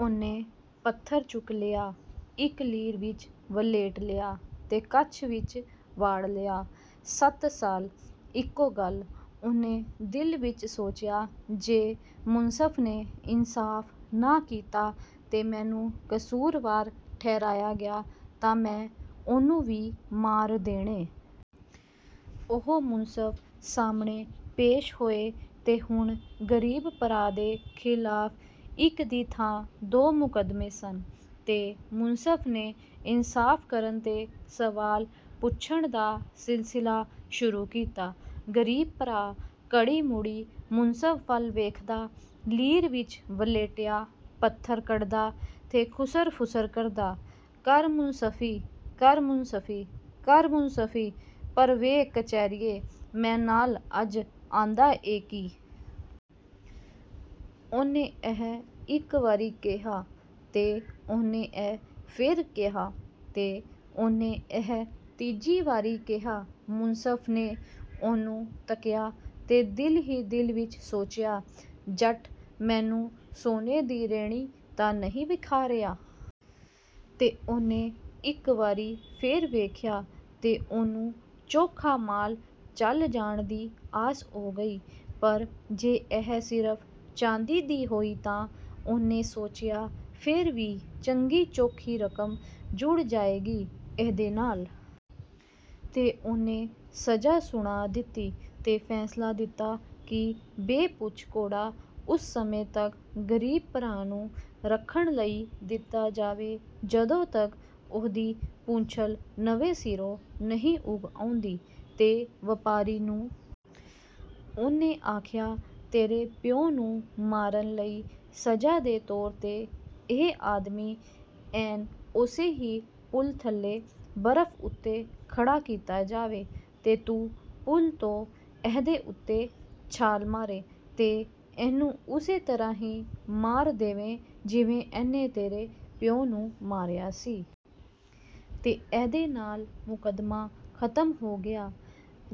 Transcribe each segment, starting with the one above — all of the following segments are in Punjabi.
ਉਹਨੇ ਪੱਥਰ ਚੁੱਕ ਲਿਆ, ਇੱਕ ਲੀਰ ਵਿੱਚ ਵਲ੍ਹੇਟ ਲਿਆ ਤੇ ਕੱਛ ਵਿੱਚ ਵਾੜ ਲਿਆ। "ਸਤ ਸਾਲ, ਇਕੋ ਗੱਲ," ਉਹਨੇ ਦਿਲ ਵਿੱਚ ਸੋਚਿਆ। "ਜੇ ਮੁਨਸਫ਼ ਨੇ ਇਨਸਾਫ਼ ਨਾ ਕੀਤਾ ਤੇ ਮੈਨੂੰ ਕਸੂਰਵਾਰ ਠਹਿਰਾਇਆ ਗਿਆ, ਤਾਂ ਮੈਂ ਉਹਨੂੰ ਵੀ ਮਾਰ ਦੇਣੈ।" ਉਹ ਮੁਨਸਫ਼ ਸਾਹਮਣੇ ਪੇਸ਼ ਹੋਏ ਤੇ ਹੁਣ ਗ਼ਰੀਬ ਭਰਾ ਦੇ ਖ਼ਿਲਾਫ਼ ਇਕ ਦੀ ਥਾਂ ਦੋ ਮੁਕੱਦਮੇ ਸਨ। ਤੇ ਮੁਨਸਫ਼ ਨੇ ਇਨਸਾਫ਼ ਕਰਨ ਤੇ ਸਵਾਲ ਪੁੱਛਣ ਦਾ ਸਿਲਸਿਲਾ ਸ਼ੁਰੂ ਕੀਤਾ। ਗ਼ਰੀਬ ਭਰਾ ਘੜੀ-ਮੁੜੀ ਮੁਨਸਫ਼ ਵੱਲ ਵੇਖਦਾ, ਲੀਰ ਵਿੱਚ ਵਲ੍ਹੇਟਿਆ ਪੱਥਰ ਕੱਢਦਾ ਤੇ ਖੁਸਰ-ਫੁਸਰ ਕਰਦਾ, "ਕਰ ਮੁਨਸਫ਼ੀ, ਕਰ ਮੁਨਸਫ਼ੀ, ਕਰ ਮੁਨਸਫ਼ੀ, ਪਰ ਵੇਖ ਕਚਹਿਰੀਏ, ਮੈਂ ਨਾਲ ਅੱਜ ਆਂਦਾ ਏ ਕੀ!" ਉਹਨੇ ਇਹ ਇੱਕ ਵਾਰੀ ਕਿਹਾ, ਤੇ ਉਹਨੇ ਇਹ ਫੇਰ ਕਿਹਾ, ਤੇ ਉਹਨੇ ਇਹ ਤੀਜੀ ਵਾਰੀ ਕਿਹਾ। ਮੁਨਸਫ਼ ਨੇ ਉਹਨੂੰ ਤੱਕਿਆ ਤੇ ਦਿਲ ਹੀ ਦਿਲ ਵਿੱਚ ਸੋਚਿਆ, "ਜੱਟ ਮੈਨੂੰ ਸੋਨੇ ਦੀ ਰੈਣੀ ਤਾਂ ਨਹੀਂ ਵਿਖਾ ਰਿਹਾ?" ਤੇ ਉਹਨੇ ਇੱਕ ਵਾਰੀ ਫੇਰ ਵੇਖਿਆ ਤੇ ਉਹਨੂੰ ਚੋਖਾ ਮਾਲ ਝੱਲ ਜਾਣ ਦੀ ਆਸ ਹੋ ਗਈ। "ਪਰ ਜੇ ਇਹ ਸਿਰਫ਼ ਚਾਂਦੀ ਦੀ ਹੋਈ ਤਾਂ," ਉਹਨੇ ਸੋਚਿਆ, "ਫੇਰ ਵੀ ਚੰਗੀ-ਚੋਖੀ ਰਕਮ ਜੁੜ ਜਾਏਗੀ ਇਹਦੇ ਨਾਲ।" ਤੇ ਉਹਨੇ ਸਜ਼ਾ ਸੁਣਾ ਦਿੱਤੀ ਤੇ ਫ਼ੈਸਲਾ ਦਿੱਤਾ ਕਿ ਬੇ-ਪੂਛ ਘੋੜਾ ਉਸ ਸਮੇਂ ਤੱਕ ਗ਼ਰੀਬ ਭਰਾ ਨੂੰ ਰੱਖਣ ਲਈ ਦਿੱਤਾ ਜਾਵੇ, ਜਦੋਂ ਤੱਕ ਉਹਦੀ ਪੂਛਲ ਨਵੇਂ ਸਿਰੋਂ ਨਹੀਂ ਉੱਗ ਆਉਂਦੀ। ਤੇ ਵਪਾਰੀ ਨੂੰ ਉਹਨੇ ਆਖਿਆ, "ਤੇਰੇ ਪਿਉ ਨੂੰ ਮਾਰਨ ਲਈ ਸਜ਼ਾ ਦੇ ਤੌਰ 'ਤੇ ਇਹ ਆਦਮੀ ਐਨ ਓਸੇ ਹੀ ਪੁਲ ਥੱਲੇ ਬਰਫ਼ ਉੱਤੇ ਖੜ੍ਹਾ ਕੀਤਾ ਜਾਵੇ, ਤੇ ਤੂੰ ਪੁਲ ਤੋਂ ਇਹਦੇ ਉੱਤੇ ਛਾਲ ਮਾਰੇਂ ਤੇ ਇਹਨੂੰ ਉਸੇ ਤਰ੍ਹਾਂ ਹੀ ਮਾਰ ਦੇਵੇਂ, ਜਿਵੇਂ ਇਹਨੇ ਤੇਰੇ ਪਿਓ ਨੂੰ ਮਾਰਿਆ ਸੀ।" ਤੇ ਇਹਦੇ ਨਾਲ ਮੁਕੱਦਮਾ ਖ਼ਤਮ ਹੋ ਗਿਆ।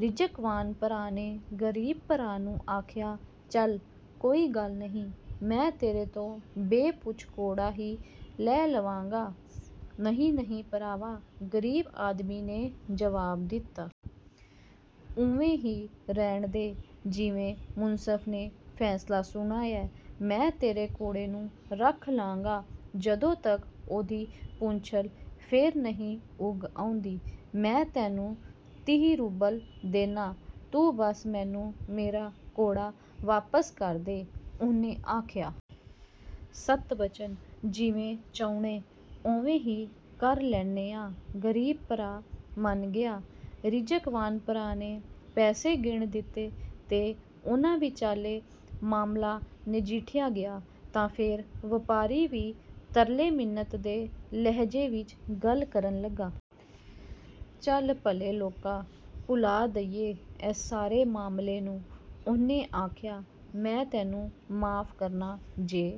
ਰਿਜ਼ਕਵਾਨ ਭਰਾ ਨੇ ਗ਼ਰੀਬ ਭਰਾ ਨੂੰ ਆਖਿਆ, "ਚੱਲ, ਕੋਈ ਗੱਲ ਨਹੀਂ, ਮੈਂ ਤੇਰੇ ਤੋਂ ਬੇ-ਪੂਛ ਘੋੜਾ ਈ ਲੈ ਲਵਾਂਗਾ।""ਨਹੀਂ, ਨਹੀਂ, ਭਰਾਵਾ," ਗ਼ਰੀਬ ਆਦਮੀ ਨੇ ਜਵਾਬ ਦਿੱਤਾ। "ਉਵੇਂ ਈ ਰਹਿਣ ਦੇ, ਜਿਵੇਂ ਮੁਨਸਫ਼ ਨੇ ਫ਼ੈਸਲਾ ਸੁਣਾਇਐ। ਮੈਂ ਤੇਰੇ ਘੋੜੇ ਨੂੰ ਰੱਖ ਲਾਂਗਾ, ਜਦੋਂ ਤੱਕ ਉਹਦੀ ਪੂਛਲ ਫੇਰ ਨਹੀਂ ਉੱਗ ਆਉਂਦੀ।" "ਮੈਂ ਤੈਨੂੰ ਤੀਹ ਰੂਬਲ ਦੇਨਾਂ, ਤੂੰ ਬਸ ਮੈਨੂੰ ਮੇਰਾ ਘੋੜਾ ਵਾਪਸ ਕਰ ਦੇ," ਉਹਨੇ ਆਖਿਆ। "ਸਤ ਬਚਨ, ਜਿਵੇਂ ਚਾਹੁਣੈ, ਉਵੇਂ ਈ ਕਰ ਲੈਣੇ ਆਂ," ਗ਼ਰੀਬ ਭਰਾ ਮੰਨ ਗਿਆ। ਰਿਜ਼ਕਵਾਨ ਭਰਾ ਨੇ ਪੈਸੇ ਗਿਣ ਦਿੱਤੇ ਤੇ ਉਹਨਾਂ ਵਿਚਾਲੇ ਮਾਮਲਾ ਨਜਿੱਠਿਆ ਗਿਆ। ਤਾਂ ਫੇਰ, ਵਪਾਰੀ ਵੀ ਤਰਲੇ-ਮਿੰਨਤ ਦੇ ਲਹਿਜ਼ੇ ਵਿੱਚ ਗੱਲ ਕਰਨ ਲੱਗਾ। "ਚੱਲ, ਭਲੇ ਲੋਕਾ, ਭੁਲਾ ਦਈਏ ਏਸ ਸਾਰੇ ਮਾਮਲੇ ਨੂੰ," ਉਹਨੇ ਆਖਿਆ। "ਮੈਂ ਤੈਨੂੰ ਮੁਆਫ਼ ਕਰਨਾ। ਜੇ